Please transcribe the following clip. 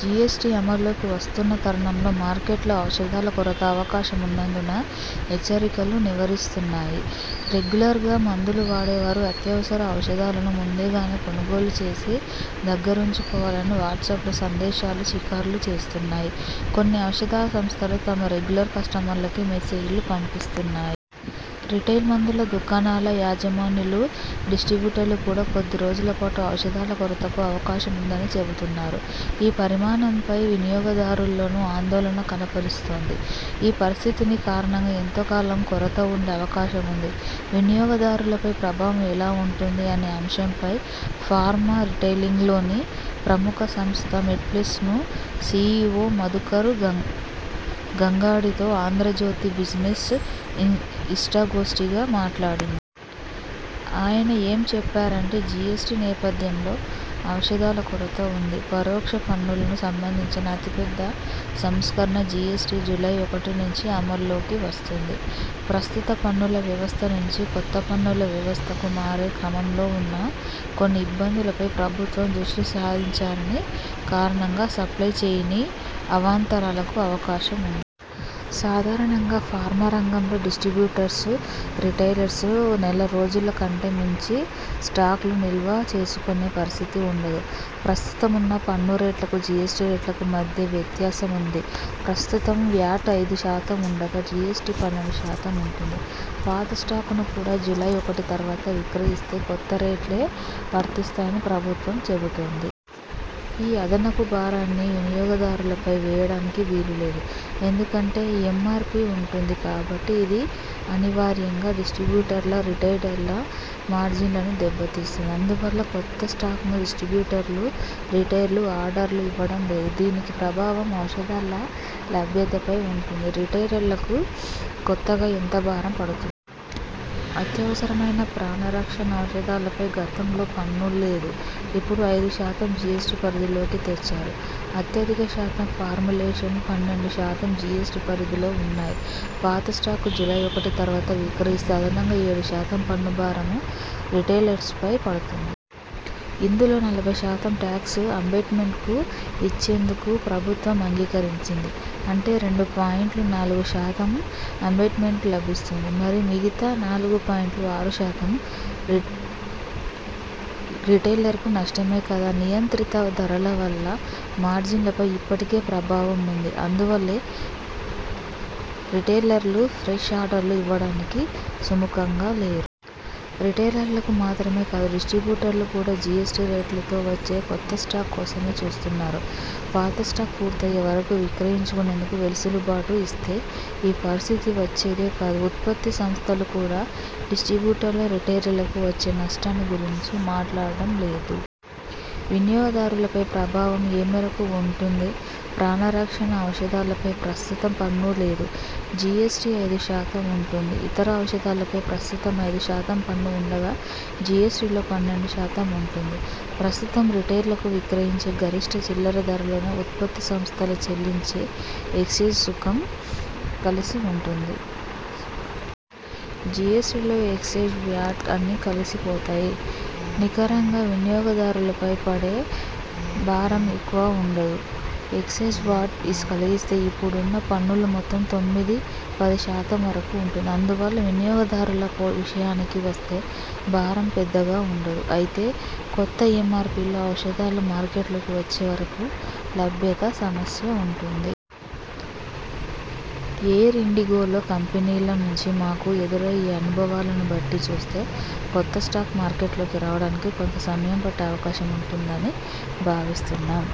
GST అమల్లోకి వస్తున్న తరుణంలో మార్కెట్లో ఔషధాల కొరత అవకాశం ఉందన్న హెచ్చరికలు వినవస్తున్నాయి. రెగ్యులర్గా మందులు వాడేవారు అత్యవసర ఔషధాలను ముందు గానే కొనుగోలు చేసి దగ్గరుంచుకోవాలని వాట్స్పలో సందేశాలు షికారు చేస్తున్నాయి. కొన్ని ఔషధ సంస్థలు తమ రెగ్యులర్ కస్టమర్లకు మెసేజ్లు పంపిస్తున్నాయి. రిటైల్ మందుల దుకాణాల యజమానులు, డిస్ట్రిబ్యూటర్లు కూడా కొద్దిరోజుల పాటు ఔషధాల కొరతకు అవకాశం ఉందని చెబుతున్నారు. ఈ పరిణామంపై వినియోగదారుల్లోనూ ఆందోళన కనప రుస్తోంది. ఈ పరిస్థితికి కారణాలు, ఎంత కాలం కొరత ఉండే అవకాశం ఉంది, వినియోగదారులపై ప్రభావం ఎలా ఉంటుంది అనే అమ్షంపాయ్ ఫార్మా రిటైలింగ్లోని ప్రముఖ సంస్థ మెడ్ప్లస్ సిఇఒ మధుకర్ గంగాడితో 'ఆంధ్రజ్యోతి బిజినెస్' ఇష్టాగోష్ఠిగా మాట్లాడింది. ఆయన ఏం చెప్పారంటే జిఎస్టి నేపథ్యంలో ఔషధాల కొరత ఉంటుందా? పరోక్ష పన్నులకు సంబంధించిన అతిపెద్ద సంస్కరణ జిఎస్టి జూలై ఒకటి నుంచి అమల్లోకి వస్తోంది. ప్రస్తుత పన్నుల వ్యవస్థ నుంచి కొత్త పన్నుల వ్యవస్థకు మారే క్రమంలో ఉన్న కొన్ని ఇబ్బందులపై ప్రభుత్వం దృష్టి సారించని కారణంగా సప్లై చెయిన్ అవాంతరాలకు అవకాశం ఉంది. సాధారంగా ఫార్మా రంగంలో డిస్ట్రిబ్యూటర్స్, రిటైలర్స్ నెల రోజుల కంటే మించి స్టాక్స్ను నిల్వ చేసుకునే పరిస్థితి ఉండదు. ప్రస్తుతమున్న పన్ను రేట్లకు జిఎస్టి రేట్లకు మధ్య వ్యత్యాసం ఉంది. ప్రస్తుతం వ్యాట్ ఐదు శాతం ఉండగా, జిఎస్టి పన్నెండు శాతం ఉంటుంది. పాత స్టాక్ను కూడా జూలై ఒకటి తర్వాత విక్రయిస్తే కొత్త రేట్లే వర్తిసాయని ప్రభుత్వం చెబుతోంది. ఈ అదనపు భారాన్ని వినియోగదారులపై వేయడానికి వీలులేదు. ఎందుకంటే ఎంఆర్పి ఉంటుంది కాబట్టి. ఇది అనివార్యంగా డిస్ట్రిబ్యూటర్లు, రిటైలర్ల మార్జిన్లను దెబ్బతీస్తుంది. అందువల్ల కొత్త స్టాక్స్కు డిస్ట్రిబ్యూటర్లు, రిటైలర్లు ఆర్డర్లు ఇవ్వడం లేదు. దీని ప్రభావం ఔషధాల లభ్యతపై ఉంటుంది. రిటైలర్ల కు కొత్తగా ఎంత భారం పడుతుంది? అత్యవసరమైన ప్రాణ రక్షక ఔషధాలపై గతంలో పన్ను లేదు. ఇప్పుడు ఐదు శాతం జిఎస్టి పరిధిలోకి తెచ్చారు. అత్యధిక శాతం ఫార్ములేషన్స్ పన్నెండు శాతం జిఎస్టి పరిధిలో ఉన్నాయి. పాత స్టాక్ను జూలై ఒకటి తర్వాత విక్రయిస్తే అదనంగా ఏడు శాతం పన్ను భారం రిటైలర్స్పై పడుతుంది. ఇందులో నలభై శాతం టాక్స్ అబేట్మెంట్ ఇచ్చేందుకు ప్రభుత్వం అంగీకరించింది. అంటే రెండు పాయింట్ నాలుగు శాతం అబేట్మెంట్ లభిస్తుంది. మరి మిగతా నాలుగు పాయింట్ ఆరు శాతం రిటైలర్కు నష్టమే కదా? నియంత్రిత ధరల వల్ల మార్జిన్లపై ఇప్పటికే ప్రభావం ఉంది. అందువల్ల రిటైలర్లు ఫ్రెష్ ఆర్డర్లు ఇవ్వడానికి సుముఖంగా లేరు. రిటైలర్లు మాత్రమే కాదు. డిస్ట్రిబ్యూటర్లు కూడా జిఎస్టి రేట్లతో వచ్చే కొత్త స్టాక్ కోసమే చూస్తున్నారు. పాత స్టాక్ పూర్తయ్యే వరకు విక్రయించుకునే వెసులుబాటు ఇస్తే ఈ పరిస్థితి వచ్చేది కాదు. ఉత్పత్తి సంస్థలు కూడా డిస్ట్రిబ్యూటర్లు, రిటైలర్లకు వచ్చే నష్టాన్ని గురించి మాట్లాడటం లేదు. వినియోగదారులపై ప్రభావం ఏ మేరకు ఉంటుంది? ప్రాణ రక్షణ ఔషధాలపై ప్రస్తుతం పన్ను లేదు. జిఎస్టి ఐదు శాతం ఉంటుంది. ఇతర ఔషధాలపై ప్రస్తుతం ఐదు శాతం పన్ను ఉండగా జిఎస్టిలో పన్నెండు శాతం ఉంటుంది. ప్రస్తుతం రిటైలర్లు విక్రయించే గరిష్ఠ చిల్లర ధరలోనే ఉత్పత్తి సంస్థలు చెల్లించే ఎక్సైజ్ సుంకం కలిసి ఉంటుంది. జిఎస్టిలో ఎక్సైజ్, వ్యాట్ అన్నీ కలిసి పోతాయి. నికరంగా వినియోగదారులపై పడే భారం ఎక్కువగా ఉండదు. ఎక్సైజ్, వాట్ కలిస్తే ఇప్పుడున్న పన్నుల మొత్తం తొమ్మిది ,పది శాతం వరకు ఉంటుంది. అందువల్ల వినియోగదారుల విషయానికి వస్తే భారం పెద్దగా ఉండదు. అయితే కొత్త ఎంఆర్పిలో ఔషధాలు మార్కెట్లోకి వచ్చే వరకు లభ్యత సమస్య ఉంటుంది. ఇయర్ ఎండింగ్లో కంపెనీల నుంచి మాకు ఎదురయ్యే అనుభవాలను బట్టి చూస్తే కొత్త స్టాక్ మార్కెట్లోకి రావడానికి కొంత సమయం పట్టే అవకాశం ఉంటూందని భావిస్తున్నాం.